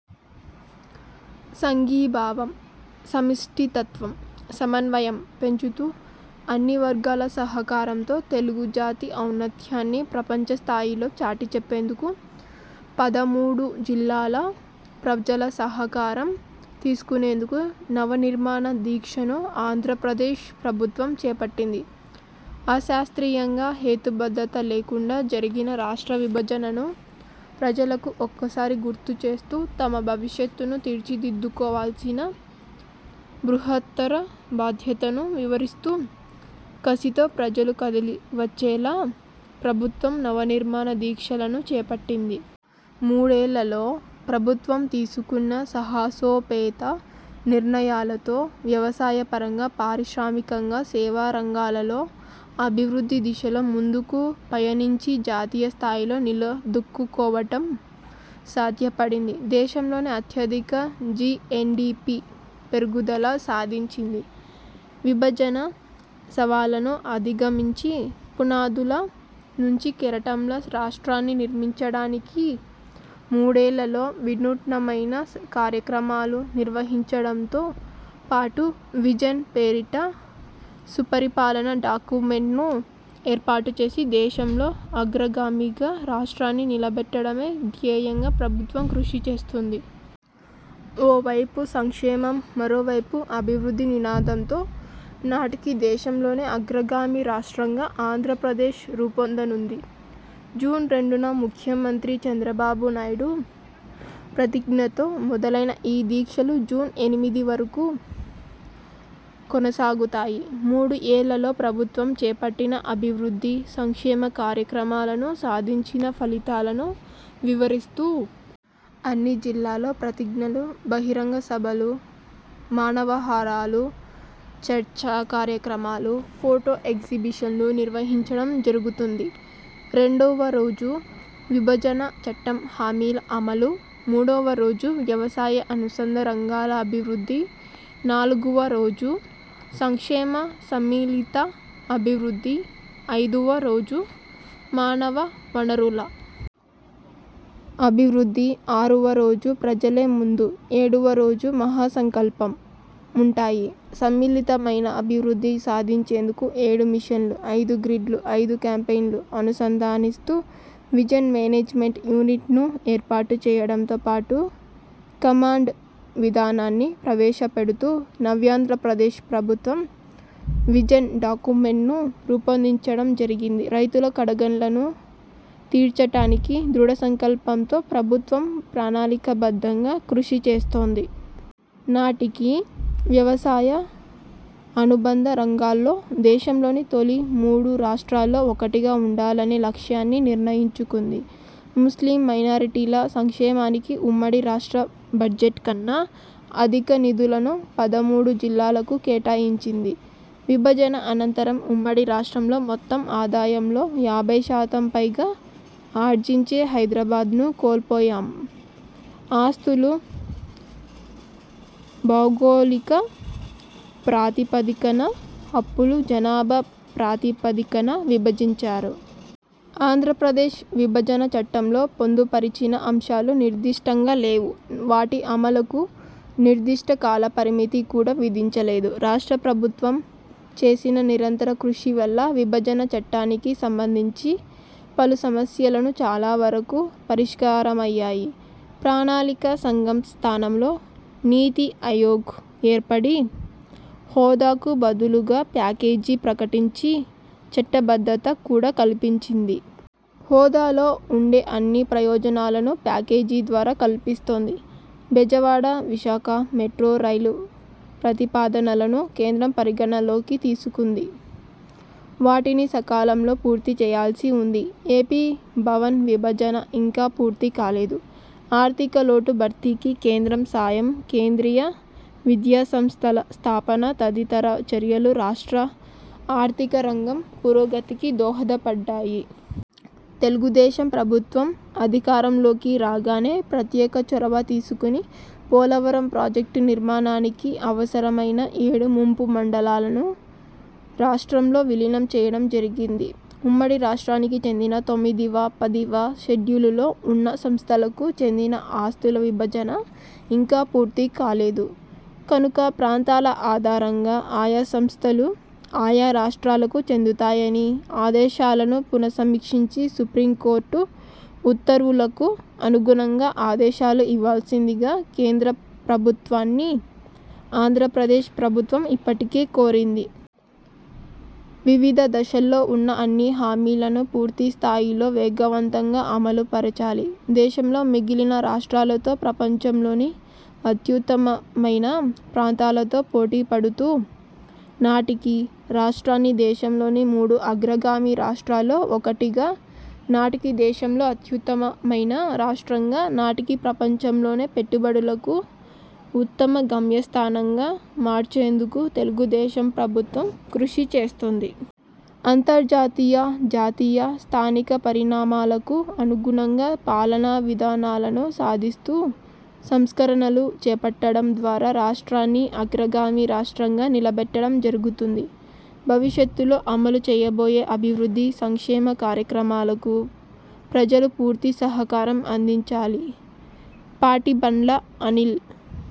సంఘీభావం, సమిష్టితత్వం, సమన్వయం పెంచుతూ అన్ని వర్గాల సహకారంతో తెలుగు జాతి ఔన్నత్యాన్ని ప్రపంచస్థాయిలో చాటిచెప్పేందుకు పదమూడు జిల్లాల ప్రజల సహకారం తీసుకునేందుకే నవనిర్మాణ దీక్షను ఆంధ్రపద్రేశ్ ప్రభుత్వం చేపట్టింది అశాస్త్రీయంగా, హేతుబద్ధత లేకుండా జరిగిన రాష్ట్ర విభజనను ప్రజలకు ఒకసారి గుర్తుచేస్తూ తమ భవిష్యత్తును తీర్చిదిద్దుకోవాల్సిన బృహత్తర బాధ్యతను వివరిస్తూ కసితో ప్రజలు కదలివచ్చేలా ప్రభుత్వం నవ నిర్మాణ దీక్షలను చేపట్టింది. మూడేళ్లలో ప్రభుత్వం తీసుకున్న సాహసోపేత నిర్ణయాలతో వ్యవసాయ పరంగా, పారిశ్రామికంగా, సేవారంగాలలో అభివృద్ధి దిశలో ముందుకు పయనించి జాతీయ స్ధాయిలో నిలదొక్కుకోవటం సాధ్యపడింది. దేశంలోనే అత్యధిక జీఎస్డీపీ పెరుగుదల సాధించింది. విభజన సవాళ్ళను అధిగమించి పునాదుల నుంచి కెరటంలా రాష్ట్రాన్ని నిర్మించడానికి మూడేళ్ళలో వినూత్నమైన కార్యక్రమాలు నిర్వహించడంతో పాటు విజన్ పేరిట సుపరిపాలన డాక్యుమెన్ను ఏర్పాటుచేసి దేశంలో అగ్రగామిగా రాష్ట్రాన్ని నిలబెట్టడమే ధ్యేయంగా ప్రభుత్వం కృషి చేస్తుంది. ఓవైపు సంక్షేమం, మరోవైపు అభివృద్ధి నినాదంతో నాటికి దేశంలోనే అగ్రగామి రాష్ట్రంగా ఆంధ్రప్రదేశ్ రూపొందనుంది. జూన్ రెండున ముఖ్యమంత్రి చంద్రబాబునాయుడు ప్రతిజ్ఞతో మొదలై ఈ దీక్షలు జూన్ ఎనిమిది వరకు కొనసాగుతాయి మూడు ఏళ్లలో ప్రభుత్వం చేపట్టిన అభివృద్ధి, సంక్షేమ కార్యక్రమాలను, సాధించిన ఫలితాలను వివరిస్తూ అన్ని జిల్లాల్లో ప్రతిజ్ఞలు, బహిరంగ సభలు, మానవహారాలు, చర్చా కార్యక్రమాలు, ఫొటో ఎగ్జిబిషన్లు నిర్వహించడం జరుగుతుంది రెండోవ రోజు విభజన చట్టం హామీల అమలు, మూడోవ రోజు వ్యవసాయ అనుబంధ రంగాల అభివృద్ధి, నాలుగువ రోజు సంక్షేమ సమ్మిళిత అభివృద్ధి, ఐదువ రోజు మానవ వనరుల అభివృద్ధి, ఆరువ రోజు ప్రజలే ముందు, ఏడువ రోజు మహా సంకల్పం ఉంటాయి సమ్మిళితమైన అభివృద్ధి సాధించేందుకు ఏడు మిషన్లు, ఐదు గ్రిడ్లు, ఐదు క్యాంపెయిన్లు అనుసంధానిస్తూ విజన్ మేనేజ్మెంట్ యూనిట్ను ఏర్పాటుచేయడంతో పాటు కమాండ్ విధానాన్ని ప్రవేశపెడుతూ నవ్యాంధ్రప్రదేశ్ ప్రభుత్వం విజన్ డాక్యుమెన్ను రూపొందించడం జరిగింది రైతుల కడగండ్లను తీర్చటానికి దృఢ సంకల్పంతో ప్రభుత్వం ప్రణాళికాబద్ధంగా కృషిచేస్తోంది. నాటికి వ్యవసాయ, అనుబంధ రంగాల్లో దేశంలోని తొలి మూడు రాష్ట్రాల్లో ఒక్కటిగా ఉండాలనే లక్ష్యాన్ని నిర్ణయించుకుంది. ముస్లిం మైనారిటీల సంక్షేమానికి ఉమ్మడి రాష్ట్ర బడ్జెట్ కన్నా అధిక నిధులను పదమూడు జిల్లాలకు కేటాయించింది విభజన అనంతరం ఉమ్మడి రాష్ట్రంలో మొత్తం ఆదాయంలో యాభై శాతం పైగా ఆర్జించే హైదరాబాద్ను కోల్పోయాం ఆస్తులు భౌగోళిక ప్రాతిపదికన, అప్పులు జనాభా ప్రాతిపదికన విభజించారు. ఆంధ్రప్రదేశ్ విభజన చట్టంలో పొందుపరిచిన అంశాలు నిర్దిష్టంగా లేవు, వాటి అమలుకు నిర్దిష్ట కాలపరిమితి కూడా విధించలేదు. రాష్ట్ర ప్రభుత్వం చేసిన నిరంతర కృషి వల్ల విభజన చట్టానికి సంబంధించి పలు సమస్యలను చాలావరకు పరిష్కారమయ్యాయి. ప్రణాళికా సంఘం స్థానంలో 'నీతిఆయోగ్' ఏర్పడి హోదాకు బదులుగా ప్యాకేజీ ప్రకటించి చట్టబద్ధత కూడా కల్పించింది. హోదాలో ఉండే అన్ని ప్రయోజనాలను ప్యాకేజీ ద్వారా కల్పిస్తోంది. బెజవాడ, విశాఖ మెట్రో రైలు ప్రతిపాదనలను కేంద్రం పరిగణనలోకి తీసుకుంది. వాటిని సకాలంలో పూర్తిచేయాల్సి ఉంది. ఏపీ భవన్ విభజన ఇంకా పూర్తికాలేదు. ఆర్థిక లోటు భర్తీకి కేంద్రం సాయం, కేంద్రీయ విద్యాసంస్థల స్థాపన తదితర చర్యలు రాష్ట్ర ఆర్థిక రంగం పురోగతికి దోహదపడ్డాయి. తెలుగుదేశం ప్రభుత్వం అధికారంలోకి రాగానే ప్రత్యేక చొరవ తీసుకుని పోలవరం ప్రాజెక్టు నిర్మాణానికి అవసరమైన ఏడు ముంపు మండలాలను రాష్ట్రంలో విలీనం చేయడం జరిగింది ఉమ్మడి రాష్ట్రానికి చెందిన తొమ్మిదివ, పదివ షెడ్యూలులో ఉన్న సంస్థలకు చెందిన ఆస్తుల విభజన ఇంకా పూర్తి కాలేదు. కనుక ప్రాంతాల ఆధారంగా ఆయా సంస్థలు, ఆయా రాష్ట్రాలకు చెందుతాయని ఆదేశాలను పునసమీక్షించి సుప్రీంకోర్టు ఉత్తర్వులకు అనుగుణంగా ఆదేశాలు ఇవ్వాల్సిందిగా కేంద్ర ప్రభుత్వాన్ని ఆంధ్రప్రదేశ్ ప్రభుత్వం ఇప్పటికే కోరింది. వివిధ దశల్లో ఉన్న అన్ని హామీలను పూర్తిస్థాయిలో వేగవంతంగా అమలుపరచాలి. దేశంలో మిగిలిన రాష్ట్రాలతో, ప్రపంచంలోని అత్యుత్తమమైన ప్రాంతాలతో పోటీపడుతూ నాటికి రాష్ట్రాన్ని దేశంలోని మూడు అగ్రగామి రాష్ట్రాల్లో ఒకటిగా, నాటికి దేశంలో అత్యుత్తమమైన రాష్ట్రంగా, నాటికి ప్రపంచంలోనే పెట్టుబడులకు ఉత్తమ గమ్యస్థానంగా మార్చేందుకు తెలుగుదేశం ప్రభుత్వం కృషిచేస్తుంది. అంతర్జాతీయ, జాతీయ, స్థానిక పరిణామాలకు అనుగుణంగా పాలనా విధానాలను సాధిస్తూ సంస్కరణలు చేపట్టడం ద్వారా రాష్ట్రాన్ని అగ్రగామి రాష్ట్రంగా నిలబెట్టడం జరుగుతుంది. భవిష్యత్తులో అమలు చేయబోయే అభివృద్ధి, సంక్షేమ కార్యక్రమాలకు ప్రజలు పూర్తి సహకారం అందించాలి. పాటిబండ్ల అనిల్